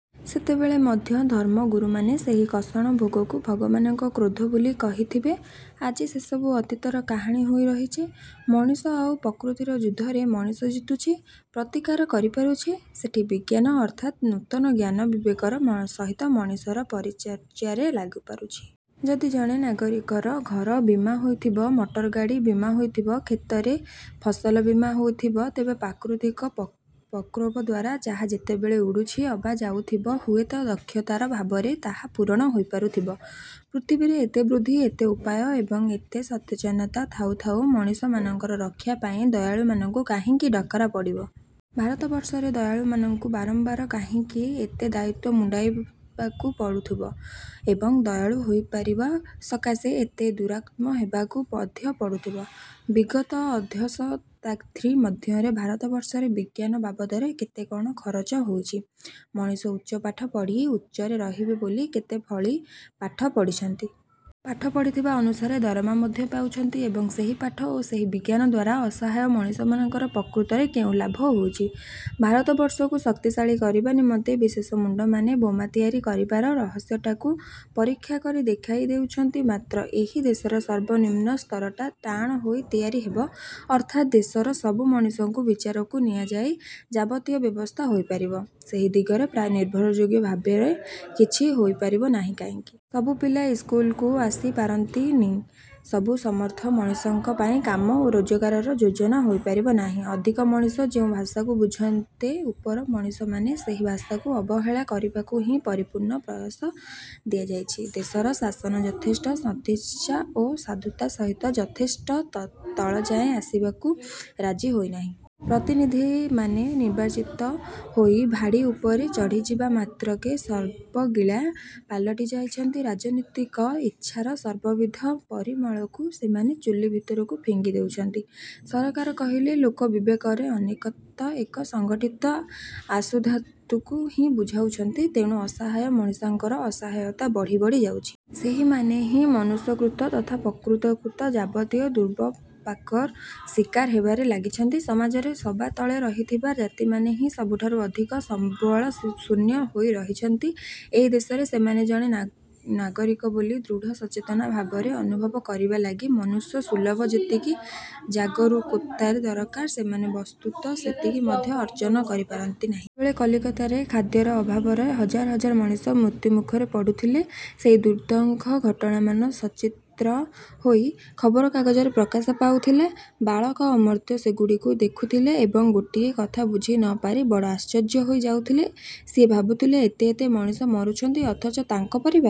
ସେତେବେଳେ ମଧ୍ୟ ଧର୍ମଗୁରୁମାନେ ସେହି କଷଣ ଭୋଗକୁ ଭଗବାନଙ୍କର କ୍ରୋଧ ବୋଲି କହିଥିବେ। ଆଜି ସେସବୁ ଅତୀତର କାହାଣୀ ହୋଇ ରହିଛି। ମଣିଷ ଆଉ ପ୍ରକୃତିର ଯୁଦ୍ଧରେ ମଣିଷ ଜିତୁଛି ପ୍ରତିକାର କରିପାରୁଛି। ସେଠି ବିଜ୍ଞାନ ଅର୍ଥାତ୍ ନୂତନ ଜ୍ଞାନ ବିବେକର ସହିତ ମଣିଷର ପରିଚର୍ଯ୍ୟାରେ ଲାଗିପାରୁଛି। ଯଦି ଜଣେ ନାଗରିକର ଘର ବୀମା ହୋଇଥିବ, ମଟରଗାଡ଼ି ବୀମା ହୋଇଥିବ କ୍ଷେତରେ ଫସଲ ବୀମା ହୋଇଥିବ ତେବେ ପ୍ରାକୃତିକ ପ୍ରକୋପ ଦ୍ଵାରା ଯାହା ଯେତେବେଳେ ଉଡୁଛି ଅବା ଯାଉଥିବ ହୁଏତ ଦକ୍ଷତାର ଭାବରେ ତାହା ପୂରଣ ହୋଇପାରୁଥିବ। ପୃଥିବୀରେ ଏତେ ବୁଦ୍ଧି ଏତେ ଉପାୟ ଏବଂ ଏତେ ସଚେତନତା ଥାଉ ଥାଉ ମଣିଷମାନଙ୍କର ରକ୍ଷା ପାଇଁ ଦୟାଳୁମାନଙ୍କୁ କାହିଁକି ଡାକରା ପଡ଼ିବ? ଭାରତବର୍ଷରେ ଦୟାଳୁମାନଙ୍କୁ ବାରବାର କାହିଁକି? ଏତେ ଦାୟିତ୍ଵ ମୁଣ୍ଡାଇବାକୁ ପଡୁଥବ ଏବଂ ଦୟାଳୁ ହୋଇପାରିବା ସକାଶେ ଏତେ ଦୁରାତ୍ମ ହେବାକୁ ମଧ୍ୟ ପଡୁଥିବ? ବିଗତ ଅଧଶତାବ୍ଦୀ ମଧ୍ୟରେ ଭାରତବର୍ଷରେ ବିଜ୍ଞାନ ବାବଦରେ କେତେ କଣ ଖରଚ ହୋଇଛି। ମଣିଷ ଉଚ୍ଚ ପାଠ ପଢ଼ି ଉଚ୍ଚରେ ରହିବେ ବୋଲି କେତେ ଭଳି ପାଠ ପଢ଼ିଛନ୍ତି। ପାଠ ପଢ଼ିଥିବା ଅନୁସାରେ ଦରମା ମଧ୍ୟ ପାଉଛନ୍ତି ଏବଂ ସେହି ପାଠ ଓ ସେହି ବିଜ୍ଞାନ ଦ୍ଵାରା ଅସହାୟ ମଣିଷମାନଙ୍କର ପ୍ରକୃତରେ କେଉଁ ଲାଭ ହୋଇଛି? ଭାରତବର୍ଷକୁ ଶକ୍ତିଶାଳୀ କରିବା ନିମନ୍ତେ ବିଶେଷ ମୁଣ୍ଡମାନେ ବୋମା ତିଆରି କରିବାର ରହସ୍ୟଟାକୁ ପରୀକ୍ଷା କରି ଦେଖାଇ ଦେଉଛନ୍ତି ମାତ୍ର, ଏହି ଦେଶର ସର୍ବନିମ୍ନ ସ୍ତରଟା ଟାଣ ହୋଇ ତିଆରି ହେବ, ଅର୍ଥାତ୍ ଦେଶର ସବୁ ମଣିଷଙ୍କୁ ବିଚାରକୁ ନିଆଯାଇ ଯାବତୀୟ ବ୍ୟବସ୍ଥା ହୋଇପାରିବ, ସେହି ଦିଗରେ ପ୍ରାୟ ନିର୍ଭରଯୋଗ୍ୟ ଭାବରେ କିଛି ହୋଇପାରିବନାହିଁ କାହିଁକି? ସବୁ ପିଲା ଇସ୍କୁଲକୁ ଆସି ପାରନ୍ତିନି, ସବୁ ସମର୍ଥ ମଣିଷଙ୍କ ପାଇଁ କାମ ଓ ରୋଜଗାରର ଯୋଜନା ହୋଇପାରିବନାହିଁ। ଅଧିକ ମଣିଷ ଯେଉଁ ଭାଷାକୁ ବୁଝନ୍ତେ, ଉପର ମଣିଷମାନେ ସେହି ଭାଷାକୁ ଅବହେଳା କରିବାକୁ ହିଁ ପରିପୂର୍ଣ୍ଣ ପ୍ରଶ୍ରୟ ଦିଆଯାଇଛି। ଦେଶର ଶାସନ ଯଥେଷ୍ଟ ସଦିଚ୍ଛା ଓ ସାଧୁତା ସହିତ ଯଥେଷ୍ଟ ତଳଯାଏ ଆସିବାକୁ ରାଜି ହୋଇନାହିଁ। ପ୍ରତିନିଧିମାନେ ନିର୍ବାଚିତ ହୋଇ ଭାଡ଼ି ଉପରକୁ ଚଢ଼ିଯିବା ମାତ୍ରକେ ସର୍ବଗିଳା ପାଲଟି ଯାଇଛନ୍ତି। ରାଜନୀତିକ ଇଚ୍ଛାର ସର୍ବବିଧ ପରିମଳକୁ ସେମାନେ ଚୂଲି ଭିତରକୁ ଫିଙ୍ଗି ଦେଉଛନ୍ତି। ସରକାର କହିଲେ ଲୋକ ବିବେକରେ ଅନେକତଃ ଏକ ସଂଗଠିତ ଆସାଧୁତାକୁ ହିଁ ବୁଝାଉଛନ୍ତି। ତେଣୁ ଅସହାୟ ମଣିଷଙ୍କର ଅସହାୟତା ବଢ଼ି ବଢ଼ି ଯାଇଛି। ସେହିମାନେ ହିଁ ମନୁଷ୍ୟକୃତ ତଥା ପ୍ରକୃତିକୃତ ଯାବତୀୟ ଦୁର୍ବିପାକର ଶିକାର ହେବାରେ ଲାଗିଛନ୍ତି। ସମାଜରେ ସବା ତଳେ ରହିଥିବା ଜାତିମାନେ ହିଁ ସବୁଠାରୁ ଅଧିକ ସମ୍ବଳଶୂନ୍ୟ ହୋଇ ରହିଛନ୍ତି। ଏହି ଦେଶରେ ସେମାନେ ଜଣେ ଜଣେ ନାଗରିକ ବୋଲି ଦୃଢ଼ସଚେତନ ଭାବରେ ଅନୁଭବ କରିବା ଲାଗି ମନୁଷ୍ୟସୁଲଭ ଯେତିକି ଜାଗରୂକତା ଦରକାର, ସେମାନେ ବସ୍ତୁତଃ ସେତିକି ମଧ୍ୟ ଅର୍ଜନ କରି ପାରନ୍ତିନାହିଁ। ସେତେବେଳେ କଲିକତାରେ ଖାଦ୍ୟର ଅଭାବରେ ହଜାର ହଜାର ମଣିଷ ମୃତ୍ୟୁମୁଖରେ ପଡୁଥିଲେ। ସେହି ଦୁଃଖଦ ଘଟଣାମାନ ସଚିତ୍ର ହୋଇ ଖବରକାଗଜରେ ପ୍ରକାଶ ପାଉଥିଲା। ବାଳକ ଅମର୍ତ୍ତ୍ୟ ସେଗୁଡ଼ିକୁ ଦେଖୁଥିଲେ ଏବଂ ଗୋଟିଏ କଥା ବୁଝି ନପାରି ବଡ଼ ଆଶ୍ଚର୍ଯ୍ୟ ହୋଇ ଯାଉଥିଲେ। ସିଏ ଭାବୁଥିଲେ ଏତେ ଏତେ ମଣିଷ ମରୁଛନ୍ତି ଅଥଚ ତାଙ୍କ ପରିବା